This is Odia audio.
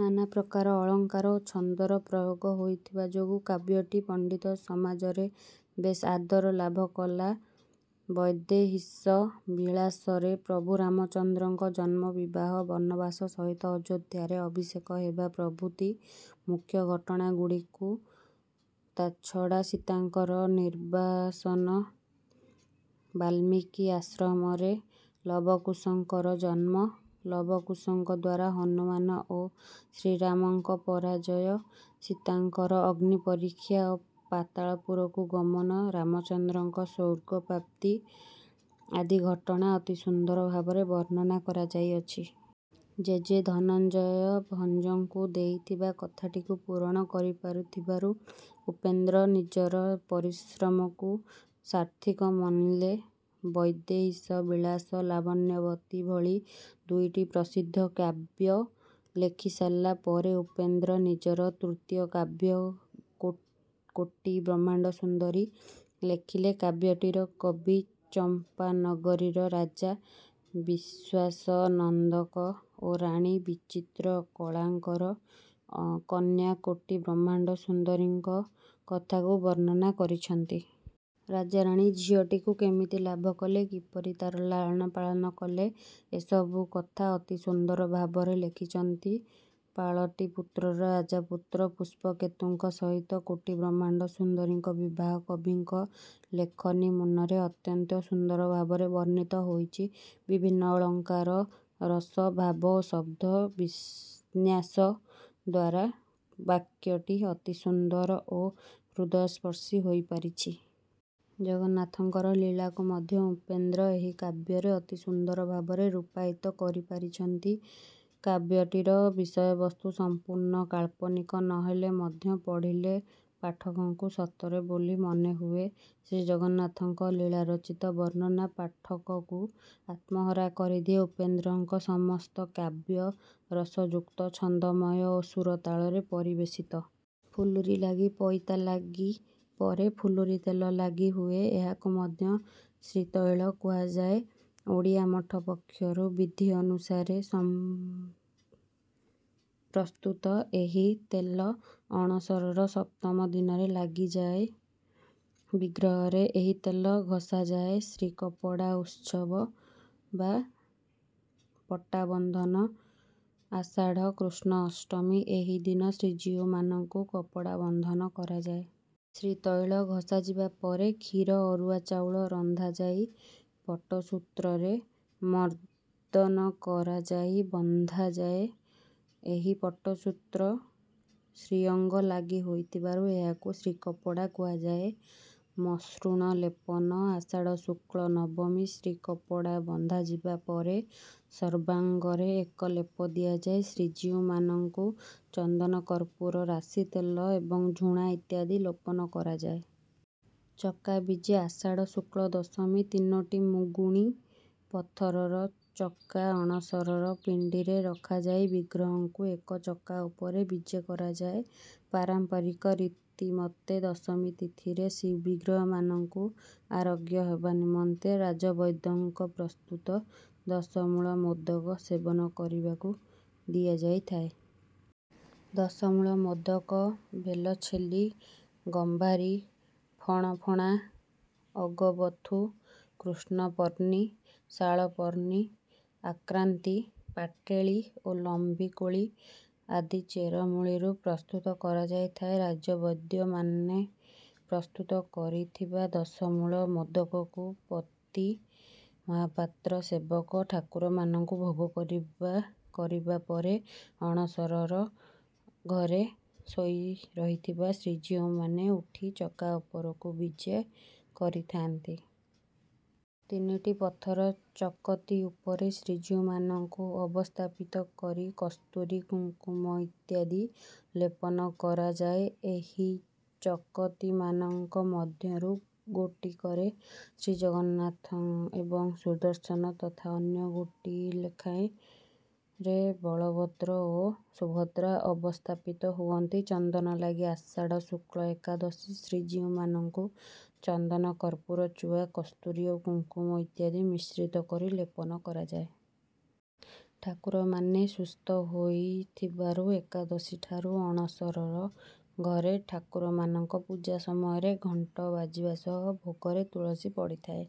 ନାନା ପ୍ରକାର ଅଳଙ୍କାର ଓ ଛନ୍ଦର ପ୍ରୟୋଗ ହୋଇଥିବା ଯୋଗୁଁ କାବ୍ୟଟି ପଣ୍ଡିତ ସମାଜରେ ବେଶ୍ ଆଦରଲାଭ କଲା। "ବୈଦେହୀଶ ବିଳାସ"ରେ ପ୍ରଭୁ ରାମଚନ୍ଦ୍ରଙ୍କ ଜନ୍ମ, ବିବାହ, ବନବାସ ସହିତ ଅଯୋଧ୍ୟାରେ ଅଭିଷେକ ହେବା ପ୍ରଭୃତି ମୁଖ୍ୟ ଘଟଣାଗୁଡିକୁ ତାଛଡା ସୀତାଙ୍କର ନିର୍ବାସନ, ବାଲ୍ମୀକି ଆଶ୍ରମରେ ଲବକୁଶଙ୍କର ଜନ୍ମ, ଲବକୁଶଙ୍କଦ୍ୱାରା ହନୁମାନ ଓ ଶ୍ରୀରାମଙ୍କ ପରାଜୟ, ସୀତାଙ୍କର ଅଗ୍ନି ପରୀକ୍ଷା ଓ ପାତାଳପୁରକୁ ଗମନ, ରାମଚନ୍ଦ୍ରଙ୍କର ସ୍ୱର୍ଗପ୍ରାପ୍ତି ଆଦି ଘଟଣା ଅତି ସୁନ୍ଦର ଭାବରେ ବର୍ଣ୍ଣନା କରାଯାଆଇଅଛି। ଜେଜେ ଧନଞ୍ଜୟ ଭଞ୍ଜଙ୍କୁ ଦେଇଥିବା କଥାଟିକୁ ପୂରଣ କରିପାରିଥିବାରୁ ଉପେନ୍ଦ୍ର ନିଜର ପରିଶ୍ରମକୁ ସାର୍ଥକ ମଣିଲେ। "ବୈଦେହୀଶ ବିଳାସ", "ଲାବଣ୍ୟବତୀ" ଭଳି ଦୁଇଟି ପ୍ରସିଦ୍ଧ କାବ୍ୟ ଲେଖିସାରିଲା ପରେ ଉପେନ୍ଦ୍ର ନିଜର ତୃତୀୟ କାବ୍ୟ "କୋଟି ବ୍ରହ୍ମାଣ୍ଡ ସୁନ୍ଦରୀ" ଲେଖିଲେ। କାବ୍ୟଟିରେ କବି ଚମ୍ପାନଗରୀର ରାଜା ବିଶ୍ୱାସନନ୍ଦକ ଓ ରାଣୀ ବିଚିତ୍ରକଳାଙ୍କର କନ୍ୟା କୋଟି ବ୍ରହ୍ମାଣ୍ଡ ସୁନ୍ଦରୀଙ୍କର କଥାକୁ ବର୍ଣ୍ଣନା କରିଛନ୍ତି. ରାଜାରାଣୀ ଝିଅଟିକୁ କେମିତି ଲାଭ କଲେ, କିପରି ତାର ଲାଳନ ପାଳନ କଲେ ଏସବୁ କଥା ଅତି ସୁନ୍ଦର ଭାବରେ ଲେଖିଛନ୍ତି। ପାଟଳିପୁତ୍ରର ରାଜପୁତ୍ର ପୁଷ୍ପକେତୁଙ୍କ ସହିତ କୋଟି ବ୍ରହ୍ମାଣ୍ଡ ସୁନ୍ଦରୀଙ୍କ ବିବାହ କବିଙ୍କ ଲେଖନୀମୁନରେ ଅତ୍ୟନ୍ତ ସୁନ୍ଦର ଭାବରେ ବର୍ଣ୍ଣିତ ହୋଇଛି. ବିଭିନ୍ନ ଅଳଙ୍କାର, ରସ, ଭାବ ଓ ଶବ୍ଦ ବିନ୍ୟାସଦ୍ୱାରା କାବ୍ୟଟି ଅତି ସୁନ୍ଦର ଏବଂ ହୃଦୟସ୍ପର୍ଶୀ ହୋଇପାରିଛି. ଜଗନ୍ନାଥଙ୍କର ଲୀଳାକୁ ମଧ୍ୟ ଉପେନ୍ଦ୍ର ଏହି କାବ୍ୟରେ ଅତି ସୁନ୍ଦର ଭାବରେ ରୂପାୟିତ କରିପାରିଛନ୍ତି। କାବ୍ୟଟିର ବିଷୟବସ୍ତୁ ସମ୍ପୁର୍ଣ୍ଣ କାଳ୍ପନିକ ହେଲେ ମଧ୍ୟ ପଢ଼ିଲେ ପାଠକଙ୍କୁ ସତ ବୋଲି ମନେ ହୁଏ। ଶ୍ରୀଜଗନ୍ନାଥଙ୍କ ଲୀଳାଚରିତ ବର୍ଣ୍ଣନା ପାଠକକୁ ଆତ୍ମହରା କରିଦିଏ। ଉପେନ୍ଦ୍ରଙ୍କର ସମସ୍ତ କାବ୍ୟ ରସଯୁକ୍ତ, ଛନ୍ଦମୟ ଓ ସୁର-ତାଳରେ ପରିବେଷିତ। ଫୁଲୁରି ଲାଗି: ପଇତା ଲାଗି ପରେ ଫୁଲୁରି ତେଲ ଲାଗି ହୁଏ। ଏହାକୁ ମଧ୍ୟ 'ଶ୍ରୀତୈଳ' କୁହାଯାଏ। ଓଡ଼ିଆ ମଠ ପକ୍ଷରୁ ବିଧି ଅନୁସାରେ ପ୍ରସ୍ତୁତ ଏହି ତେଲ ଅଣସରର ସପ୍ତମ ଦିନରେ ଲାଗି କରାଯାଏ। ବିଗ୍ରହରେ ଏହି ତେଲ ଘଷାଯାଏ। ଶ୍ରୀକପଡ଼ା ଉତ୍ସବ ବା ପଟ୍ଟାବନ୍ଧନ: ଆଷାଢ଼ କୃଷ୍ଣ ଅଷ୍ଟମୀ: ଏହିଦିନ ଶ୍ରୀ ଜୀଉମାନଙ୍କୁ କପଡ଼ା ବନ୍ଧନ କରାଯାଏ। ଶ୍ରୀତୈଳ ଘଷାଯିବା ପରେ କ୍ଷୀର, ଅରୁଆ ଚାଉଳ ରନ୍ଧାଯାଇ ପଟସୂତ୍ରରେ ମର୍ଦ୍ଦନ କରାଯାଇ ବନ୍ଧାଯାଏ। ଏହି ପଟସୂତ୍ର ଶ୍ରୀଅଙ୍ଗ ଲାଗି ହେଇଥିବାରୁ ଏହାକୁ 'ଶ୍ରୀକାପଡ଼ା' କୁହାଯାଏ। ମସୃଣ ଲେପନ: ଆଷାଢ଼ କୃଷ୍ଣ ନବମୀ: ଶ୍ରୀକାପଡ଼ା ବନ୍ଧାଯିବା ପରେ ସର୍ବାଙ୍ଗରେ ଏକ ଲେପ ଦିଆଯାଏ। ଶ୍ରୀ ଜୀଉମାନଙ୍କୁ ଚନ୍ଦନ, କର୍ପୂର, ରାଶିତେଲ, ଏବଂ ଝୁଣା ଇତ୍ୟାଦି ଲେପନ କରାଯାଏ। ଚକା ବିଜେ: ଆଷାଢ଼ କୃଷ୍ଣ ଦଶମୀ: ତିନୋଟି ମୁଗୁନି ପଥରର ଚକା ଅଣସର ପିଣ୍ଡିରେ ରଖାଯାଇ ବିଗ୍ରହଙ୍କୁ ଏକ ଚକା ଉପରେ ବିଜେ କରାଯାଏ। ପାରମ୍ପରିକ ରୀତି ମତେ ଦଶମୀ ତିଥିରେ ଶ୍ରୀବିଗ୍ରହମାନଙ୍କୁ ଆରୋଗ୍ୟ ହେବା ନିମନ୍ତେ ରାଜବୈଦ୍ୟଙ୍କ ପ୍ରସ୍ତୁତ ଦଶମୂଳ ମୋଦକ ସେବନ କରିବାକୁ ଦିଆଯାଇଥାଏ। ଦଶମୂଳ ମୋଦକ ବେଲଛେଲି, ଗମ୍ଭାରୀ, ଫଣଫଣା, ଅଗବଥୁ, କୃଷ୍ଣପର୍ଣ୍ଣି, ଶାଳପର୍ଣ୍ଣି, ଅକ୍ରାନ୍ତି, ପାଟେଳି ଓ ଲମ୍ବି କୋଳି ଆଦି ଚେରମୂଳିରୁ ପ୍ରସ୍ତୁତ କରାଯାଇଥାଏ। ରାଜବୈଦ୍ୟମାନେ ପ୍ରସ୍ତୁତ କରିଥିବା ଦଶମୂଳ ମୋଦକକୁ ପତି ମହାପାତ୍ର ସେବକ ଠାକୁରମାନଙ୍କୁ ଭୋଗ କରିବା କରିବା ପରେ ଅଣସର ଘରେ ଶୋଇରହିଥିବା ଜୀଉମାନେ ଉଠି ଚକା ଉପରକୁ ବିଜେ କରିଥାନ୍ତି। ତିନିଟି ପଥର ଚକତି ଉପରେ ଶ୍ରୀ ଜୀଉମାନଙ୍କୁ ଅବସ୍ଥାପିତ କରି କସ୍ତୁରି, କୁଙ୍କୁମ ଇତ୍ୟାଦି ଲେପନ କରାଯାଏ। ଏହି ଚକତିମାନଙ୍କ ମଧ୍ୟରୁ ଗୋଟିକରେ ଶ୍ରୀଜଗନ୍ନାଥ ଏବଂ ସୁଦର୍ଶନ ତଥା ଅନ୍ୟ ଗୋଟିଏ ଲେଖାଁଏରେ ଶ୍ରୀବଳଭଦ୍ର ଓ ସୁଭଦ୍ରା ଅବସ୍ଥାପିତ ହୁଅନ୍ତି। ଚନ୍ଦନ ଲାଗି: ଆଷାଢ଼ କୃଷ୍ଣ ଏକାଦଶୀ: ଶ୍ରୀ ଜୀଉମାନଙ୍କୁ ଚନ୍ଦନ, କର୍ପୂର, ଚୁଆ, କସ୍ତୁରୀ ଓ କୁଙ୍କୁମ ଇତ୍ୟାଦି ମିଶ୍ରିତ କରି ଲେପନ କରାଯାଏ। ଠାକୁରମାନେ ସୁସ୍ଥ ହୋଇଥିବାରୁ ଏକାଦଶୀଠାରୁ ଅଣସର ଘରେ ଠାକୁରମାନଙ୍କ ପୂଜା ସମୟରେ ଘଣ୍ଟ ବାଜିବା ସହ, ଭୋଗରେ ତୁଳସୀ ପଡ଼ିଥାଏ।